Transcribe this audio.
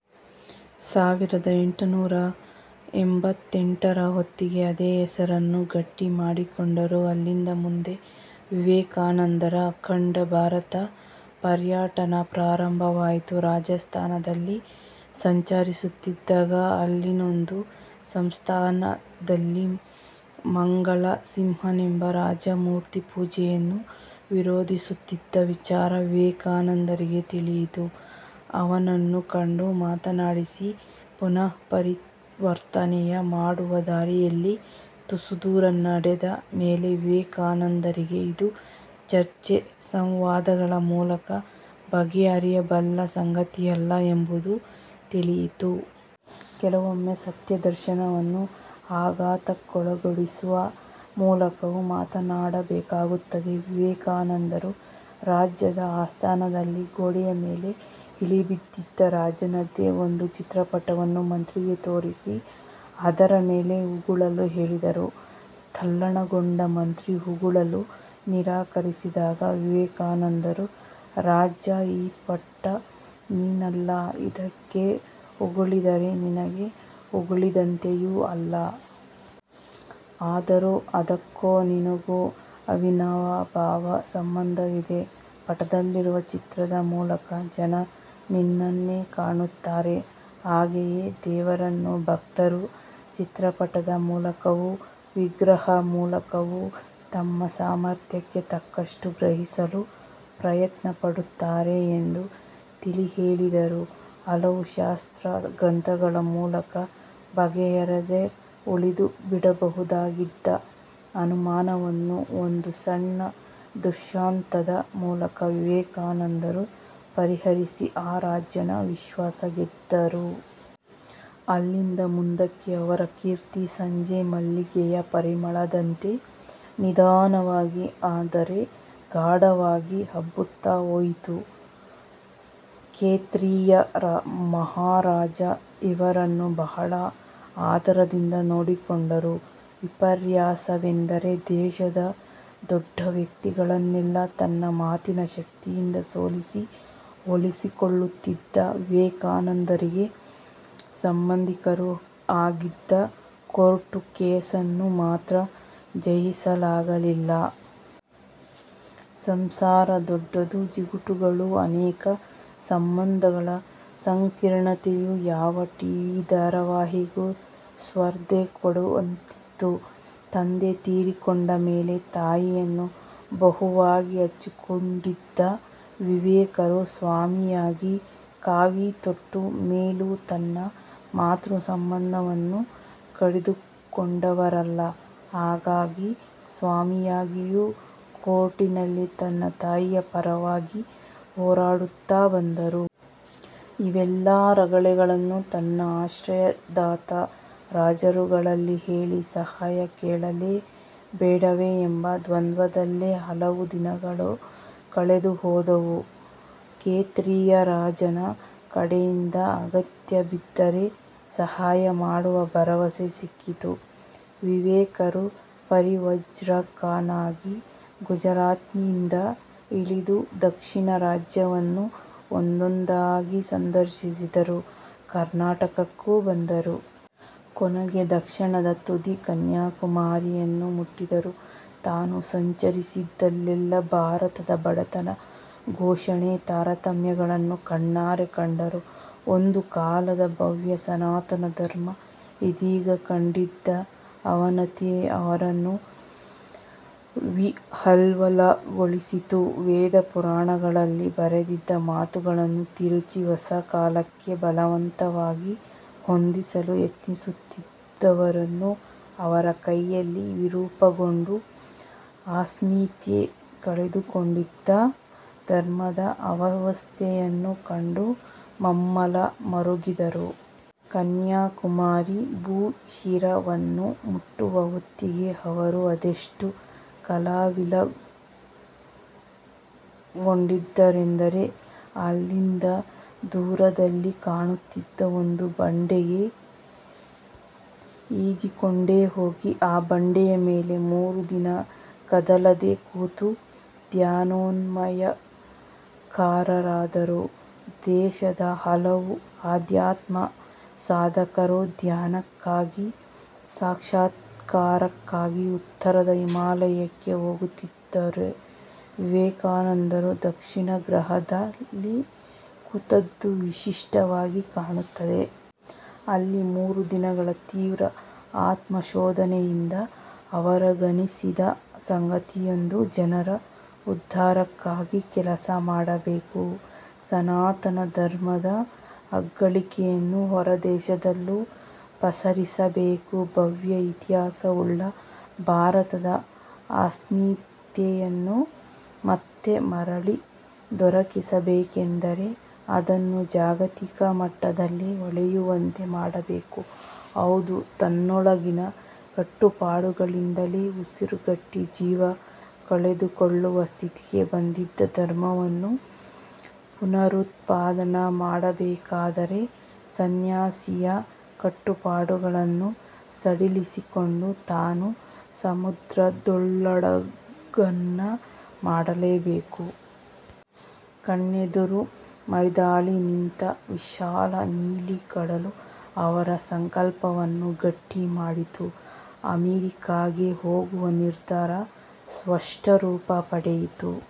ಸಾವಿರದ ಎಂಟುನೂರ ಎಂಬತ್ತೆಂಟರ ಹೊತ್ತಿಗೆ ಅದೇ ಹೆಸರನ್ನು ಗಟ್ಟಿಮಾಡಿಕೊಂಡರು. ಅಲ್ಲಿಂದ ಮುಂದೆ ವಿವೇಕಾನಂದರ ಅಖಂಡ ಭಾರತ ಪರ್ಯಟನ ಪ್ರಾರಂಭವಾಯಿತು. ರಾಜಸ್ತಾನದಲ್ಲಿ ಸಂಚರಿಸುತ್ತಿದ್ದಾಗ ಅಲ್ಲಿನೊಂದು ಸಂಸ್ಥಾನದಲ್ಲಿ ಮಂಗಲ ಸಿಂಹನೆಂಬ ರಾಜ ಮೂರ್ತಿಪೂಜೆಯನ್ನು ವಿರೋಧಿಸುತ್ತಿದ್ದ ವಿಚಾರ ವಿವೇಕಾನಂದರಿಗೆ ತಿಳಿಯಿತು. ಅವನನ್ನು ಕಂಡು ಮಾತಾಡಿಸಿ ಮನಃಪರಿವರ್ತನೆ ಮಾಡುವ ದಾರಿಯಲ್ಲಿ ತುಸುದೂರ ನಡೆದ ಮೇಲೆ ವಿವೇಕಾನಂದರಿಗೆ ಇದು ಚರ್ಚೆ-ಸಂವಾದಗಳ ಮೂಲಕ ಬಗೆಹರಿಯಬಲ್ಲ ಸಂಗತಿಯಲ್ಲ ಎಂಬುದು ತಿಳಿಯಿತು. ಕೆಲವೊಮ್ಮೆ ಸತ್ಯದರ್ಶನವನ್ನು ಆಘಾತಗೊಳಿಸುವ ಮೂಲಕವೂ ಮಾಡಬೇಕಾಗುತ್ತದೆ. ವಿವೇಕಾನಂದರು ರಾಜನ ಆಸ್ಥಾನದಲ್ಲಿ ಗೋಡೆಯ ಮೇಲೆ ಇಳಿಬಿದ್ದಿದ್ದ ರಾಜನದ್ದೇ ಒಂದು ಚಿತ್ರಪಟವನ್ನು ಮಂತ್ರಿಗೆ ತೋರಿಸಿ ಅದರ ಮೇಲೆ ಉಗುಳಲು ಹೇಳಿದರು. ತಲ್ಲಣಗೊಂಡ ಮಂತ್ರಿ ಉಗುಳಲು ನಿರಾಕರಿಸಿದಾಗ ವಿವೇಕಾನಂದರು "ರಾಜ, ಈ ಪಟ ನೀನಲ್ಲ. ಇದಕ್ಕೆ ಉಗುಳಿದರೆ ನಿನಗೆ ಉಗುಳಿದಂತೆಯೂ ಅಲ್ಲ. ಆದರೂ ಅದಕ್ಕೂ ನಿನಗೂ ಅವಿನಾಭಾವ ಸಂಬಂಧವಿದೆ. ಪಟದಲ್ಲಿರುವ ಚಿತ್ರದ ಮೂಲಕ ಜನ ನಿನ್ನನ್ನೇ ಕಾಣುತ್ತಾರೆ. ಹಾಗೆಯೇ, ದೇವರನ್ನು ಭಕ್ತರು ಚಿತ್ರಪಟದ ಮೂಲಕವೋ ವಿಗ್ರಹದ ಮೂಲಕವೋ ತಮ್ಮ ಸಾಮರ್ಥ್ಯಕ್ಕೆ ತಕ್ಕಷ್ಟು ಗ್ರಹಿಸಲು ಪ್ರಯತ್ನಪಡುತ್ತಾರೆ. " ಎಂದು ತಿಳಿಹೇಳಿದರು. ಹಲವು ಶಾಸ್ತ್ರಗ್ರಂಥಗಳ ಮೂಲಕ ಬಗೆಹರಿಯದೆ ಉಳಿದುಬಿಡಬಹುದಾಗಿದ್ದ ಅನುಮಾನವನ್ನು ಒಂದು ಸಣ್ಣ ದೃಷ್ಟಾಂತದ ಮೂಲಕ ವಿವೇಕಾನಂದರು ಪರಿಹರಿಸಿ ಆ ರಾಜನ ವಿಶ್ವಾಸ ಗೆದ್ದರು. ಅಲ್ಲಿಂದ ಮುಂದಕ್ಕೆ ಅವರ ಕೀರ್ತಿ ಸಂಜೆಮಲ್ಲಿಗೆಯ ಪರಿಮಳದಂತೆ ನಿಧಾನವಾಗಿ ಆದರೆ ಗಾಢವಾಗಿ ಹಬ್ಬುತ್ತಾ ಹೋಯಿತು. ಖೇತ್ರಿಯ ಮಹಾರಾಜ ಇವರನ್ನು ಬಹಳ ಆದರದಿಂದ ನೋಡಿಕೊಂಡರು. ವಿಪರ್ಯಾಸವೆಂದರೆ ದೇಶದ ದೊಡ್ಡ ವ್ಯಕ್ತಿಗಳನ್ನೆಲ್ಲ ತನ್ನ ಮಾತಿನ ಶಕ್ತಿಯಿಂದ ಸೋಲಿಸಿ ಒಲಿಸಿಕೊಳ್ಳುತ್ತಿದ್ದ ವಿವೇಕಾನಂದರಿಗೆ ಸಂಬಂಧಿಕರು ಹಾಕಿದ್ದ ಕೋರ್ಟು ಕೇಸನ್ನು ಮಾತ್ರ ಜಯಿಸಲಾಗಲಿಲ್ಲ! ಸಂಸಾರ ದೊಡ್ಡದು, ಜಿಗುಟುಗಳೂ ಅನೇಕ. ಸಂಬಂಧಗಳ ಸಂಕೀರ್ಣತೆಯೋ ಯಾವ ಟಿವಿ ಧಾರಾವಾಹಿಗೂ ಸ್ಪರ್ಧೆ ಕೊಡುವಂತಿತ್ತು. ತಂದೆ ತೀರಿಕೊಂಡಮೇಲೆ ತಾಯಿಯನ್ನು ಬಹುವಾಗಿ ಹಚ್ಚಿಕೊಂಡಿದ್ದ ವಿವೇಕರು ಸ್ವಾಮಿಯಾಗಿ ಕಾವಿ ತೊಟ್ಟ ಮೇಲೂ ತನ್ನ ಮಾತೃ ಸಂಬಂಧವನ್ನು ಕಡಿದುಕೊಂಡವರಲ್ಲ. ಹಾಗಾಗಿ ಸ್ವಾಮಿಯಾಗಿಯೂ ಕೋರ್ಟಿನಲ್ಲಿ ತನ್ನ ತಾಯಿಯ ಪರವಾಗಿ ಹೋರಾಡುತ್ತಾ ಬಂದರು. ಇವೆಲ್ಲ ರಗಳೆಗಳನ್ನು ತನ್ನ ಆಶ್ರಯದಾತ ರಾಜರುಗಳಲ್ಲಿ ಹೇಳಿ ಸಹಾಯ ಕೇಳಲೇ ಬೇಡವೇ ಎಂಬ ದ್ವಂದ್ವದಲ್ಲೇ ಹಲವು ದಿನಗಳು ಕಳೆದುಹೋದವು. ಖೇತ್ರಿಯ ರಾಜನ ಕಡೆಯಿಂದ, ಅಗತ್ಯ ಬಿದ್ದರೆ ಸಹಾಯ ಮಾಡುವ ಭರವಸೆ ಸಿಕ್ಕಿತು. ವಿವೇಕರು ಪರಿವ್ರಾಜಕನಾಗಿ ಗುಜರಾತ್ನಿಂದ ಇಳಿದು ದಕ್ಷಿಣದ ರಾಜ್ಯಗಳನ್ನು ಒಂದೊಂದಾಗಿ ಸಂದರ್ಶಿಸಿದರು. ಕರ್ನಾಟಕಕ್ಕೂ ಬಂದರು. ಕೊನೆಗೆ ದಕ್ಷಿಣದ ತುದಿ ಕನ್ಯಾಕುಮಾರಿಯನ್ನು ಮುಟ್ಟಿದರು. ತಾನು ಸಂಚರಿಸಿದಲ್ಲೆಲ್ಲ ಭಾರತದ ಬಡತನ, ಶೋಷಣೆ, ತಾರತಮ್ಯಗಳನ್ನು ಕಣ್ಣಾರೆ ಕಂಡರು. ಒಂದು ಕಾಲದ ಭವ್ಯ ಸನಾತನ ಧರ್ಮ ಇದೀಗ ಕಂಡಿದ್ದ ಅವನತಿ ಅವರನ್ನು ವಿಹ್ವಲಗೊಳಿಸಿತು. ವೇದ ಪುರಾಣಗಳಲ್ಲಿ ಬರೆದಿದ್ದ ಮಾತುಗಳನ್ನು ತಿರುಚಿ ಹೊಸಕಾಲಕ್ಕೆ ಬಲವಂತವಾಗಿ ಹೊಂದಿಸಲು ಯತ್ನಿಸುತ್ತಿದ್ದವರನ್ನೂ ಅವರ ಕೈಯಲ್ಲಿ ವಿರೂಪಗೊಂಡು ಅಸ್ಮಿತೆ ಕಳೆದುಕೊಂಡಿದ್ದ ಧರ್ಮದ ಅವಸ್ಥೆಯನ್ನೂ ಕಂಡು ಮಮ್ಮಲ ಮರುಗಿದರು. ಕನ್ಯಾಕುಮಾರಿ ಭೂಶಿರವನ್ನು ಮುಟ್ಟುವ ಹೊತ್ತಿಗೆ ಅವರು ಅದೆಷ್ಟು ಕಲ್ಲವಿಲಗೊಂಡಿದ್ದರೆಂದರೆ, ಅಲ್ಲಿಂದ ದೂರದಲ್ಲಿ ಕಾಣುತ್ತಿದ್ದ ಒಂದು ಬಂಡೆಗೆ ಈಜಿಕೊಂಡೇಹೋಗಿ, ಆ ಬಂಡೆಯ ಮೇಲೆ ಮೂರು ದಿನ ಕದಲದೆ ಕೂತು ಧ್ಯಾನೋನ್ಮುಖರಾದರು. ದೇಶದ ಹಲವು ಅಧ್ಯಾತ್ಮಸಾಧಕರು ಧ್ಯಾನಕ್ಕಾಗಿ ಸಾಕ್ಷಾತ್ಕಾರಕ್ಕಾಗಿ ಉತ್ತರದ ಹಿಮಾಲಯಕ್ಕೆ ಹೋಗುತ್ತಿದ್ದರೆ ವಿವೇಕಾನಂದರು ದಕ್ಷಿಣಾಗ್ರದಲ್ಲಿ ಕೂತದ್ದು ವಿಶಿಷ್ಟವಾಗಿ ಕಾಣುತ್ತದೆ. ಅಲ್ಲಿ ಮೂರುದಿನಗಳ ತೀವ್ರ ಆತ್ಮಶೋಧನೆಯಿಂದ ಅವರಿಗನ್ನಿಸಿದ ಸಂಗತಿಯೊಂದೇ – ಜನರ ಉದ್ಧಾರಕ್ಕಾಗಿ ಕೆಲಸ ಮಾಡಬೇಕು. ಸನಾತನ ಧರ್ಮದ ಅಗ್ಗಳಿಕೆಯನ್ನು ಹೊರದೇಶಗಳಲ್ಲೂ ಪಸರಿಸಬೇಕು. ಭವ್ಯ ಇತಿಹಾಸವುಳ್ಳ ಭಾರತದ ಅಸ್ಮಿತೆಯನ್ನು ಮತ್ತೆ ಮರಳಿದೊರಕಿಸಬೇಕಾದರೆ ಅದನ್ನು ಜಾಗತಿಕ ಮಟ್ಟದಲ್ಲಿ ಹೊಳೆಯುವಂತೆ ಮಾಡಬೇಕು. ಹೌದು, ತನ್ನೊಳಗಿನ ಕಟ್ಟುಪಾಡುಗಳಿಂದಲೇ ಉಸಿರುಗಟ್ಟಿ ಜೀವ ಕಳೆದುಕೊಳ್ಳುವ ಸ್ಥಿತಿಗೆ ಬಂದಿದ್ದ ಧರ್ಮವನ್ನು ಪುನರುತ್ಥಾನ ಮಾಡಬೇಕಾದರೆ, ಸಂನ್ಯಾಸಿಯ ಕಟ್ಟುಪಾಡುಗಳನ್ನು ಸಡಿಲಿಸಿಕೊಂಡು ತಾನು ಸಮುದ್ರೋಲ್ಲಂಘನ ಮಾಡಲೇಬೇಕು. ಕಣ್ಣೆದುರು ಮೈದಾಳಿ ನಿಂತ ವಿಶಾಲ ನೀಲಿಕಡಲು ಅವರ ಸಂಕಲ್ಪವನ್ನು ಗಟ್ಟಿ ಮಾಡಿತು. ಅಮೆರಿಕೆಗೆ ಹೋಗುವ ನಿರ್ಧಾರ ಸ್ಪಷ್ಟರೂಪ ಪಡೆಯಿತು.